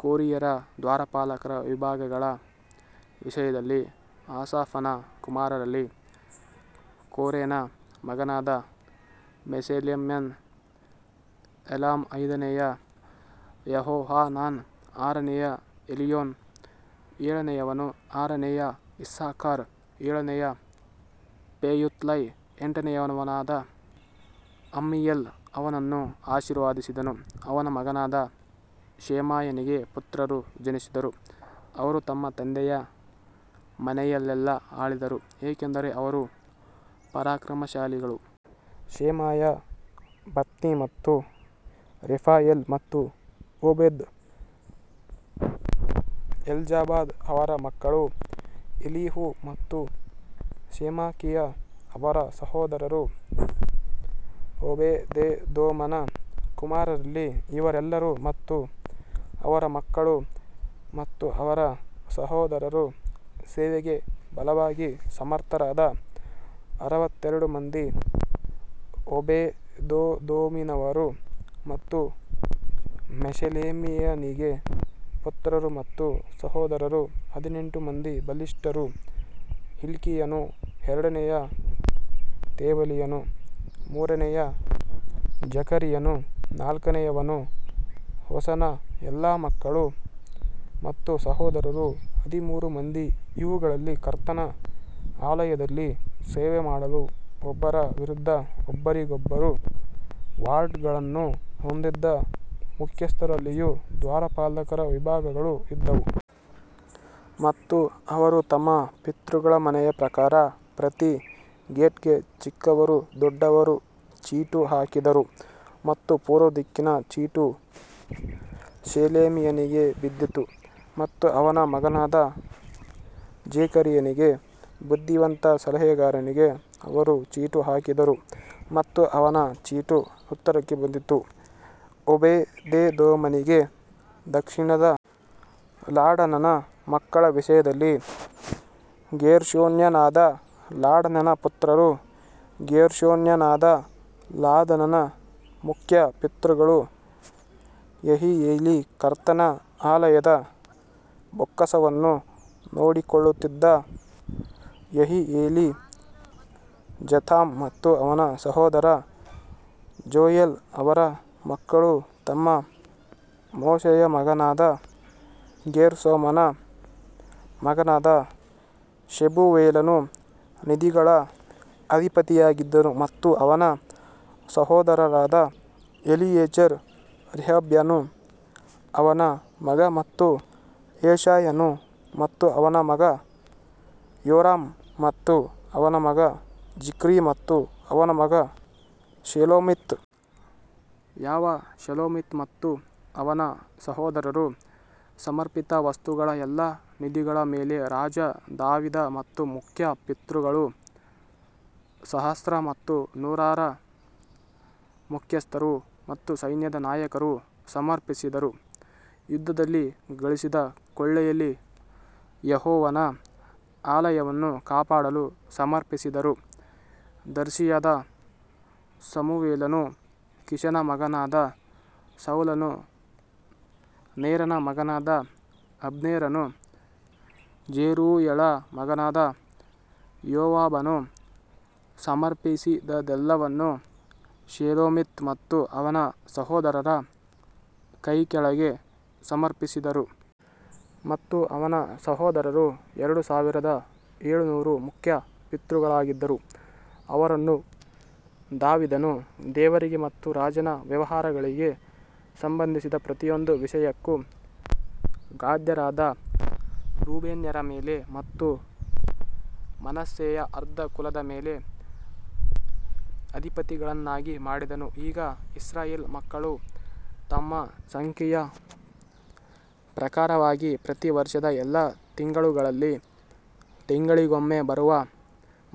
ಕೊರ್ಹಿಯರ ದ್ವಾರಪಾಲಕರ ವಿಭಾಗಗಳ ವಿಷಯದಲ್ಲಿ ಆಸಾಫನ ಕುಮಾರರಲ್ಲಿ ಕೋರೆನ ಮಗನಾದ ಮೆಷೆಲೆಮ್ಯನು. ಏಲಾಮ್ ಐದನೆಯ ಯೆಹೋಹಾನಾನ್ ಆರನೆಯ ಎಲಿಯೋನ್ ಏಳನೆಯವನು ಆರನೆಯ ಇಸ್ಸಾಕಾರ್ ಏಳನೆಯ ಪೆಯುಲ್ತೈ ಎಂಟನೆಯವನಾದ ಅಮ್ಮೀಯೇಲ್ ಅವನನ್ನು ಆಶೀರ್ವದಿಸಿದನು ಅವನ ಮಗನಾದ ಶೆಮಾಯನಿಗೆ ಪುತ್ರರು ಜನಿಸಿದರು, ಅವರು ತಮ್ಮ ತಂದೆಯ ಮನೆಯಲ್ಲೆಲ್ಲಾ ಆಳಿದರು, ಏಕೆಂದರೆ ಅವರು ಪರಾಕ್ರಮಶಾಲಿಗಳು. ಶೆಮಾಯ ಒತ್ನಿ ಮತ್ತು ರೆಫಾಯೇಲ್ ಮತ್ತು ಓಬೇದ್ ಎಲ್ಜಾಬಾದ್ ಅವರ ಮಕ್ಕಳು ಎಲಿಹು ಮತ್ತು ಸೆಮಾಕಿಯಾ ಅವರ ಸಹೋದರರು. ಓಬೇದೆದೋಮನ ಕುಮಾರರಲ್ಲಿ ಇವರೆಲ್ಲರೂ ಮತ್ತು ಅವರ ಮಕ್ಕಳು ಮತ್ತು ಅವರ ಸಹೋದರರು ಸೇವೆಗೆ ಬಲವಾಗಿ ಸಮರ್ಥರಾದ ಅರವತ್ತೆರಡು ಮಂದಿ ಓಬೇದೆದೋಮಿನವರು. ಮತ್ತು ಮೆಷೆಲೆಮಿಯನಿಗೆ ಪುತ್ರರು ಮತ್ತು ಸಹೋದರರು ಹದಿನೆಂಟು ಮಂದಿ ಬಲಿಷ್ಠರು ಹಿಲ್ಕೀಯನು ಎರಡನೆಯ ತೆಬಲೀಯನು ಮೂರನೆಯ ಜಕರೀಯನು ನಾಲ್ಕನೆಯವನು ಹೋಸನ ಎಲ್ಲಾ ಮಕ್ಕಳು ಮತ್ತು ಸಹೋದರರು ಹದಿಮೂರು ಮಂದಿ ಇವುಗಳಲ್ಲಿ ಕರ್ತನ ಆಲಯದಲ್ಲಿ ಸೇವೆಮಾಡಲು ಒಬ್ಬರ ವಿರುದ್ಧ ಒಬ್ಬರಿಗೊಬ್ಬರು ವಾರ್ಡ್ಗಳನ್ನು ಹೊಂದಿದ್ದ ಮುಖ್ಯಸ್ಥರಲ್ಲಿಯೂ ದ್ವಾರಪಾಲಕರ ವಿಭಾಗಗಳು ಇದ್ದವು. ಮತ್ತು ಅವರು ತಮ್ಮ ಪಿತೃಗಳ ಮನೆಯ ಪ್ರಕಾರ ಪ್ರತಿ ಗೇಟ್ಗೆ ಚಿಕ್ಕವರೂ ದೊಡ್ಡವರೂ ಚೀಟು ಹಾಕಿದರು ಮತ್ತು ಪೂರ್ವದಿಕ್ಕಿನ ಚೀಟು ಶೆಲೆಮಿಯನಿಗೆ ಬಿದ್ದಿತು ಮತ್ತು ಅವನ ಮಗನಾದ ಜೆಕರೀಯನಿಗೆ ಬುದ್ಧಿವಂತ ಸಲಹೆಗಾರನಿಗೆ ಅವರು ಚೀಟು ಹಾಕಿದರು ಮತ್ತು ಅವನ ಚೀಟು ಉತ್ತರಕ್ಕೆ ಬಂದಿತು. ಓಬೇದೆದೋಮನಿಗೆ ದಕ್ಷಿಣದ ಲಾಡನನ ಮಕ್ಕಳ ವಿಷಯದಲ್ಲಿ ಗೇರ್ಷೋನ್ಯನಾದ ಲಾಡನನ ಪುತ್ರರು ಗೇರ್ಷೋನ್ಯನಾದ ಲಾದಾನನ ಮುಖ್ಯ ಪಿತೃಗಳು ಯೆಹಿಯೇಲಿ. ಕರ್ತನ ಆಲಯದ ಬೊಕ್ಕಸವನ್ನು ನೋಡಿಕೊಳ್ಳುತ್ತಿದ್ದ ಯೆಹಿಯೇಲಿ ಝೆತಾಮ್ ಮತ್ತು ಅವನ ಸಹೋದರ ಜೋಯಲ್ ಅವರ ಮಕ್ಕಳು ಮತ್ತು ಮೋಶೆಯ ಮಗನಾದ ಗೇರ್ಷೋಮನ ಮಗನಾದ ಶೆಬೂವೇಲನು ನಿಧಿಗಳ ಅಧಿಪತಿಯಾಗಿದ್ದನು ಮತ್ತು ಅವನ ಸಹೋದರರಾದ ಎಲಿಯೆಜರ್ ರೆಹಬ್ಯನು ಅವನ ಮಗ ಮತ್ತು ಯೆಶಾಯನು ಮತ್ತು ಅವನ ಮಗ ಯೋರಾಮ್ ಮತ್ತು ಅವನ ಮಗ ಜಿಕ್ರಿ ಮತ್ತು ಅವನ ಮಗ ಶೆಲೋಮಿತ್. ಯಾವ ಶೆಲೋಮಿತ್ ಮತ್ತು ಅವನ ಸಹೋದರರು ಸಮರ್ಪಿತ ವಸ್ತುಗಳ ಎಲ್ಲಾ ನಿಧಿಗಳ ಮೇಲೆ ರಾಜ ದಾವೀದ ಮತ್ತು ಮುಖ್ಯ ಪಿತೃಗಳು ಸಹಸ್ರ ಮತ್ತು ನೂರರ ಮುಖ್ಯಸ್ಥರು ಮತ್ತು ಸೈನ್ಯದ ನಾಯಕರು ಸಮರ್ಪಿಸಿದರು. ಯುದ್ಧದಲ್ಲಿ ಗಳಿಸಿದ ಕೊಳ್ಳೆಯಲ್ಲಿ ಯೆಹೋವನ ಆಲಯವನ್ನು ಕಾಪಾಡಲು ಸಮರ್ಪಿಸಿದರು ದರ್ಶಿಯಾದ ಸಮುವೇಲನೂ ಕೀಷನ ಮಗನಾದ ಸೌಲನೂ ನೇರನ ಮಗನಾದ ಅಬ್ನೇರನೂ ಝೆರೂಯಳ ಮಗನಾದ ಯೋವಾಬನೂ ಸಮರ್ಪಿಸಿದದ್ದೆಲ್ಲವನ್ನೂ ಶೆಲೋಮಿತ್ ಮತ್ತು ಅವನ ಸಹೋದರರ ಕೈಕೆಳಗೆ ಸಮರ್ಪಿಸಿದರು. ಮತ್ತು ಅವನ ಸಹೋದರರು ಎರಡು ಸಾವಿರದ ಏಳುನೂರು ಮುಖ್ಯ ಪಿತೃಗಳಾಗಿದ್ದರು, ಅವರನ್ನು ದಾವೀದನು ದೇವರಿಗೆ ಮತ್ತು ರಾಜನ ವ್ಯವಹಾರಗಳಿಗೆ ಸಂಬಂಧಿಸಿದ ಪ್ರತಿಯೊಂದು ವಿಷಯಕ್ಕೂ ಗಾದ್ಯರಾದ ರೂಬೇನ್ಯರ ಮೇಲೆ ಮತ್ತು ಮನಸ್ಸೆಯ ಅರ್ಧ ಕುಲದ ಮೇಲೆ ಅಧಿಪತಿಗಳನ್ನಾಗಿ ಮಾಡಿದನು. ಈಗ ಇಸ್ರಾಯೇಲ್ ಮಕ್ಕಳು ತಮ್ಮ ಸಂಖ್ಯೆಯ ಪ್ರಕಾರವಾಗಿ ಪ್ರತಿ ವರ್ಷದ ಎಲ್ಲಾ ತಿಂಗಳುಗಳಲ್ಲಿ ತಿಂಗಳಿಗೊಮ್ಮೆ ಬರುವ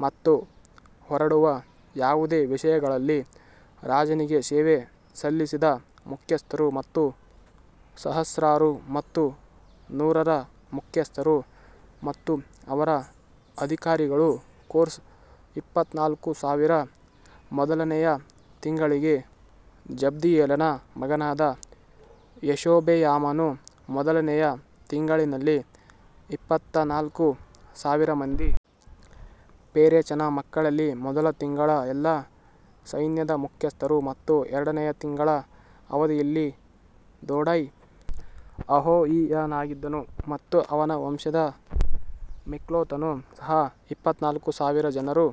ಮತ್ತು ಹೊರಡುವ ಯಾವುದೇ ವಿಷಯಗಳಲ್ಲಿ ರಾಜನಿಗೆ ಸೇವೆ ಸಲ್ಲಿಸಿದ ಮುಖ್ಯಸ್ಥರು ಮತ್ತು ಸಹಸ್ರಾರು ಮತ್ತು ನೂರರ ಮುಖ್ಯಸ್ಥರು ಮತ್ತು ಅವರ ಅಧಿಕಾರಿಗಳು ಕೋರ್ಸ್ ಇಪ್ಪತ್ತನಾಲ್ಕು ಸಾವಿರ ಮೊದಲನೆಯ ತಿಂಗಳಿಗೆ ಜಬ್ದಿಯೇಲನ ಮಗನಾದ ಯಶೋಬೆಯಾಮನು ಮೊದಲನೆಯ ತಿಂಗಳಿನಲ್ಲಿ ಇಪ್ಪತ್ತನಾಲ್ಕು ಸಾವಿರ ಮಂದಿ. ಪೆರೆಚನ ಮಕ್ಕಳಲ್ಲಿ ಮೊದಲ ತಿಂಗಳ ಎಲ್ಲಾ ಸೈನ್ಯದ ಮುಖ್ಯಸ್ಥರು ಮತ್ತು ಎರಡನೆಯ ತಿಂಗಳ ಅವಧಿಯಲ್ಲಿ ದೊಡೈ ಅಹೋಹಿಯನಾಗಿದ್ದನು ಮತ್ತು ಅವನ ವಂಶದ ಮಿಕ್ಲೋತನು ಸಹ ಇಪ್ಪತ್ನಾಲ್ಕು ಸಾವಿರ ಜನರು.